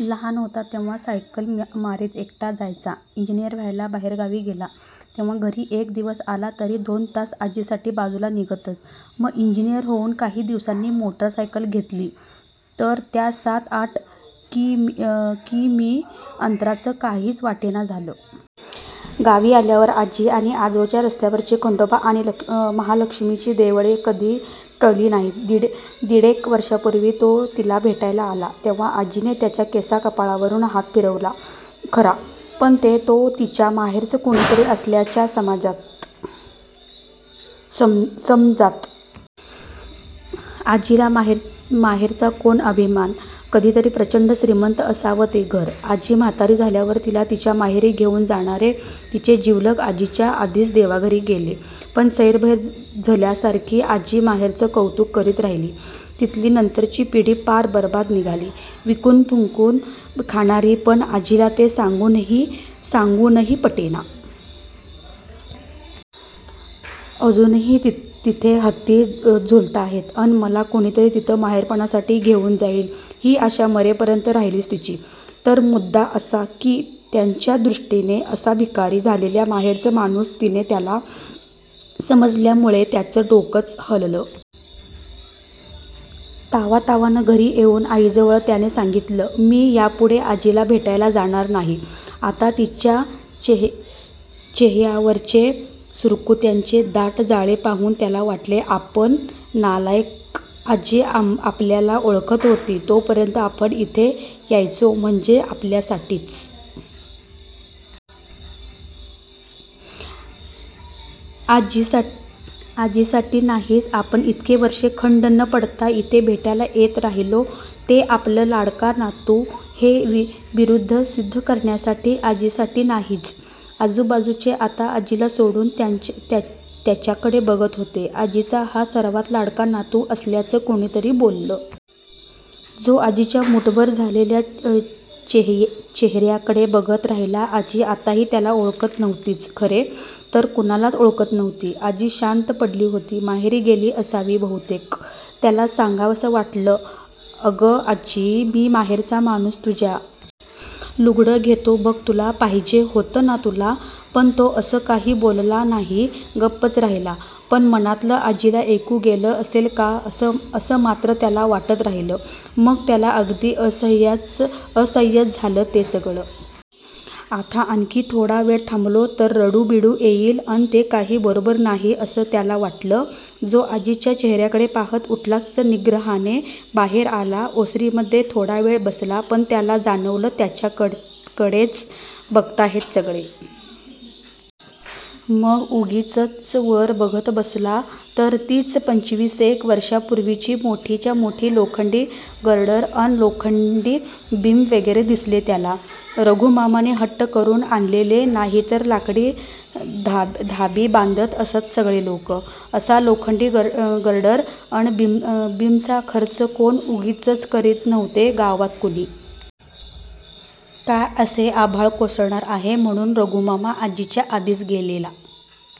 लहान होता तेव्हा सायकल मारीत एकटा जायचा. इंजिनियर व्हायला बाहेरगावी गेला, तेव्हा घरी एक दिवस आला तरी दोन तास आजीसाठी बाजूला निघतच. मग इंजिनियर होऊन काही दिवसांनी मोटरसायकल घेतली, तर त्या सात-आठ किमी अंतराचं काहीच वाटेना झालं. गावी आल्यावर आजी आणि आजोळच्या रस्त्यावरची खंडोबा आणि महाल़क्ष्मीची देवळे कधी टळली नाहीत. दीडेक वर्षापूर्वी, तो तिला भेटायला आला, तेव्हा आजीने त्याच्या केसा-कपाळावरून हात फिरवला खरा, पण ते तो तिच्या 'माहेरचं' कुणीतरी असल्याच्या समजात. आजीला माहेरचा कोण अभिमान. कधीतरी प्रचंड श्रीमंत असावं ते घर. आजी म्हातारी झाल्यावर तिला तिच्या माहेरी घेऊन जाणारे तिचे जिवलग आजीच्या आधीच देवाघरी गेले. मग सैरभैर झल्यासारखी आजी माहेरचं कौतूक करीत राहिली. तिथली नंतरची पिढी पार बरबाद निघाली- विकून फुंकून खाणारी, पण आजीला ते सांगूनही पटेना. अजूनही तिथे हत्ती झुलताहेत, अन मला कुणीतरी तिथं 'माहेरपणासाठी' घेऊन जाईल- ही आशा मरेपर्यंत राहिलीच तिची. तर मुद्दा असा, की त्याच्या दृष्टीने अशा भिकारी झालेल्या माहेरचं माणूस तिने त्याला समजल्यामूळे त्याचं डोकंच हललं. तावातावानं घरी येऊन आईजवळ त्याने सांगितलं, मी यापूढे आजीला भेटायला जाणार नाही..! आता तिच्या चेहेयावरचे सुरकुत्यांचे दाट जाळे पाहून त्याला वाटले, आपण नालायक. आजी आपल्याला 'ओळखत' होती तो पर्यंत आपण इथे यायचो. म्हणजे आपल्यासाठीच. आजीसाठी नाहीच! आपण इतकी वर्षे खंड न पाडता इथे भेटायला येत राहिलो, ते आपलं 'लाडका नातू' हे बिरूद सिध्द करण्यासाठी. आजीसाठी नाहीच!! आजूबाजूचे आता आजीला सोडून त्याच्याकडे बघत होते. आजीचा हा सर्वांत लाडका नातू असल्याचं कुणीतरी बोललं. तो आजीच्या मुठभर झालेया चेहेर्याकडे बघत राहिला. आजी आताही त्याला ओळखत नव्हतीच. खरे तर कुणालाच ओळखत नव्हती. आजी शांत पडली होती. माहेरी गेली असावी बहूतेक. त्याला सांगावसं वाटलं, अगं आज्जी, मी माहेरचा माणूस तुझ्या. लुगडं घेतो बघ तुला. पाहिजे होतं ना तुला? पण तो असं काही बोलला नाही. गप्पच राहिला. पण मनातलं आजीला ऐकू गेलं असेल का, असं मात्र त्याला वाटत राहिलं. मग त्याला अगदी असह्यच झालं ते सगळं. आता आणखी थॊडा वेळ थांबलो, तर रडू-बिडू येईल, अन ते काही बरोबर नाही असं त्याला वाटलं. तो आजीच्या चेहेर्याकडे पाहत उठलाच निग्रहाने. बाहेर आला. ओसरीमध्ये थोडावेळ बसला. पण त्याला जाणवलं, त्याच्याकडेच बघताहेत सगळे. मग उगीचच वर बघत बसला. तर तीच पंचवीसेक वर्षापूर्वीची मोठीच्या मोठी लोखंडी गर्डर अन लोखंडी बीम वगैरे दिसले त्याला. रघूमामाने हट्ट करून आणलेले. नाहीतर लाकडी धाबी बांधत असत सगळे लोक. असा लोखंडी गर्डर अन बीमचा खर्च कोण उगीचच करीत नव्हते गावात कुणी. काय असे आभाळ कोसळणार आहे, म्हणून. रघूमामा. आजीच्या आधीच गेलेला.